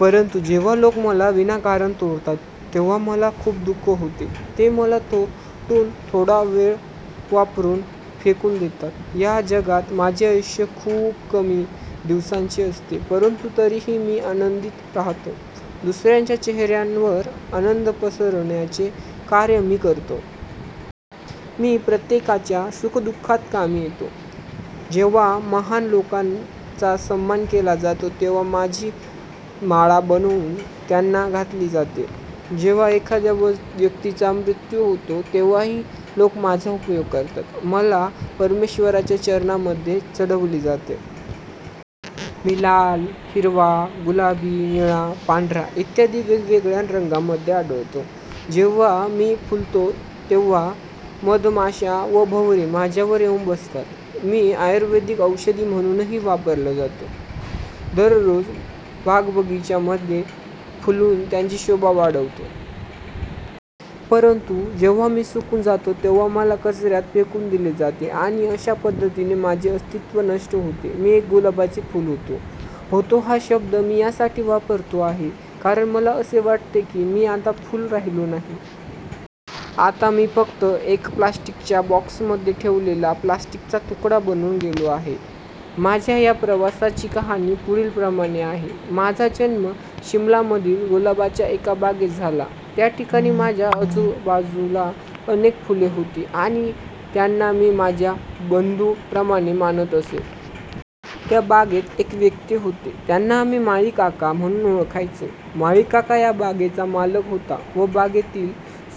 परंतु जेव्हा लोक मला विनाकारण तोडतात तेव्हा मला खूप दुःख होते ते मला तोडून थोडा वेळ वापरून फेकून देतात. या जगात माझे आयुष्य खूप कमी दिवसांचे असते, परंतु तरीही मी आनंदित राहतो. दुसऱ्यांच्या चेहर्यायावर आनंद पसरवण्याचे कार्य मी करतो. मी प्रत्येकाच्या सुख-दुःखात कामी येतो. जेव्हा महान लोकांचा सन्मान केला जातो तेव्हा माझी माळा बनवून त्यांना घातली जाते. जेव्हा एखाद्या व्यक्तीचा मृत्यू होतो तेव्हाही लोक माझा उपयोग करतात. मला परमेश्वराच्या चरणांमध्ये चढवले जाते. मी लाल, हिरवा, गुलाबी, निळा, पांढरा इत्यादी वेगवेगळ्या रंगांमध्ये आढळतो. जेव्हा मी फुलतो तेव्हा मधमाश्या व भवरे माझ्यावर येऊन बसतात. मी आयुर्वेदिक औषधी म्हणूनही वापरला जातो. दररोज बाग बगीचा मध्ये फुलून त्यांची शोभा वाढवतो. परंतु जेव्हा मी सुकून जातो तेव्हा मला कचर्यात फेकून दिले जाते आणि अशा पद्धतीने माझे अस्तित्व नष्ट होते. मी एक गुलाबाचे फुल होतो. "होतो" हा शब्द मी यासाठी वापरतो आहे कारण मला असे वाटते की मी आता फुल राहिलेलो नाही. आता मी फक्त एका प्लास्टिकच्या बॉक्समध्ये ठेवलेला प्लास्टिक चा तुकडा बनून गेलो आहे. माझ्या या प्रवासाची कहाणी पुढील प्रमाणे आहे. माझा जन्म शिमला मधील गुलाबाच्या एका बागेत झाला. त्या ठिकाणी माझ्या आजूबाजूला अनेक फुले होती आणि त्यांना मी माझ्या बंधू प्रमाणे मानत असे. त्या बागेत एक व्यक्ती होते त्यांना आम्ही माळी काका म्हणून ओळखायचो. माळी काका या बागेचा मालक होता. व बागेतील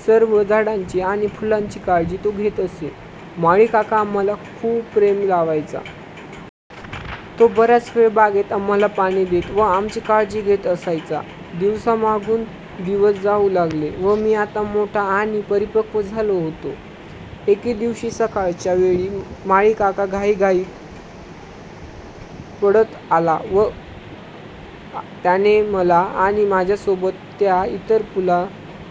सर्व झाडांची आणि फुलांची काळजी तो घेत असे. माळी काका आम्हाला खूप प्रेम लावायचा. तो बराच वेळ बागेत आम्हाला पाणी देत व आमची काळजी घेत बसायचा. दिवसामागून दिवस जाऊ लागले. व मी आता मोठा आणि परिपक्व झालो होतो. एके दिवशी सकाळच्या वेळी माळी काका घाईघाईत पडत आला व त्याने मला आणि माझ्यासोबत च्या इतर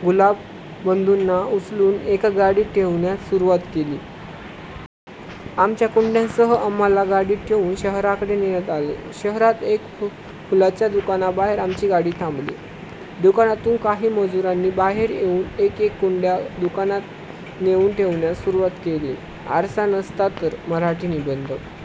गुलाब बंधूंना उचलून एका गाडीत ठेवण्यास सुरुवात केली. आमच्या कुंड्यांसह आम्हाला गाडीत ठेवून शहराकडे नेण्यात आले. शहरात एका फुलांच्या दुकानाबाहेर आमची गाडी थांबली. दुकानातून काही मजुरांनी बाहेर येऊन एक-एक कुंड्या दुकानात नेऊन ठेवण्यास सुरुवात केली. आरसा नसता तर मराठी निबंध <<वाचा येथे।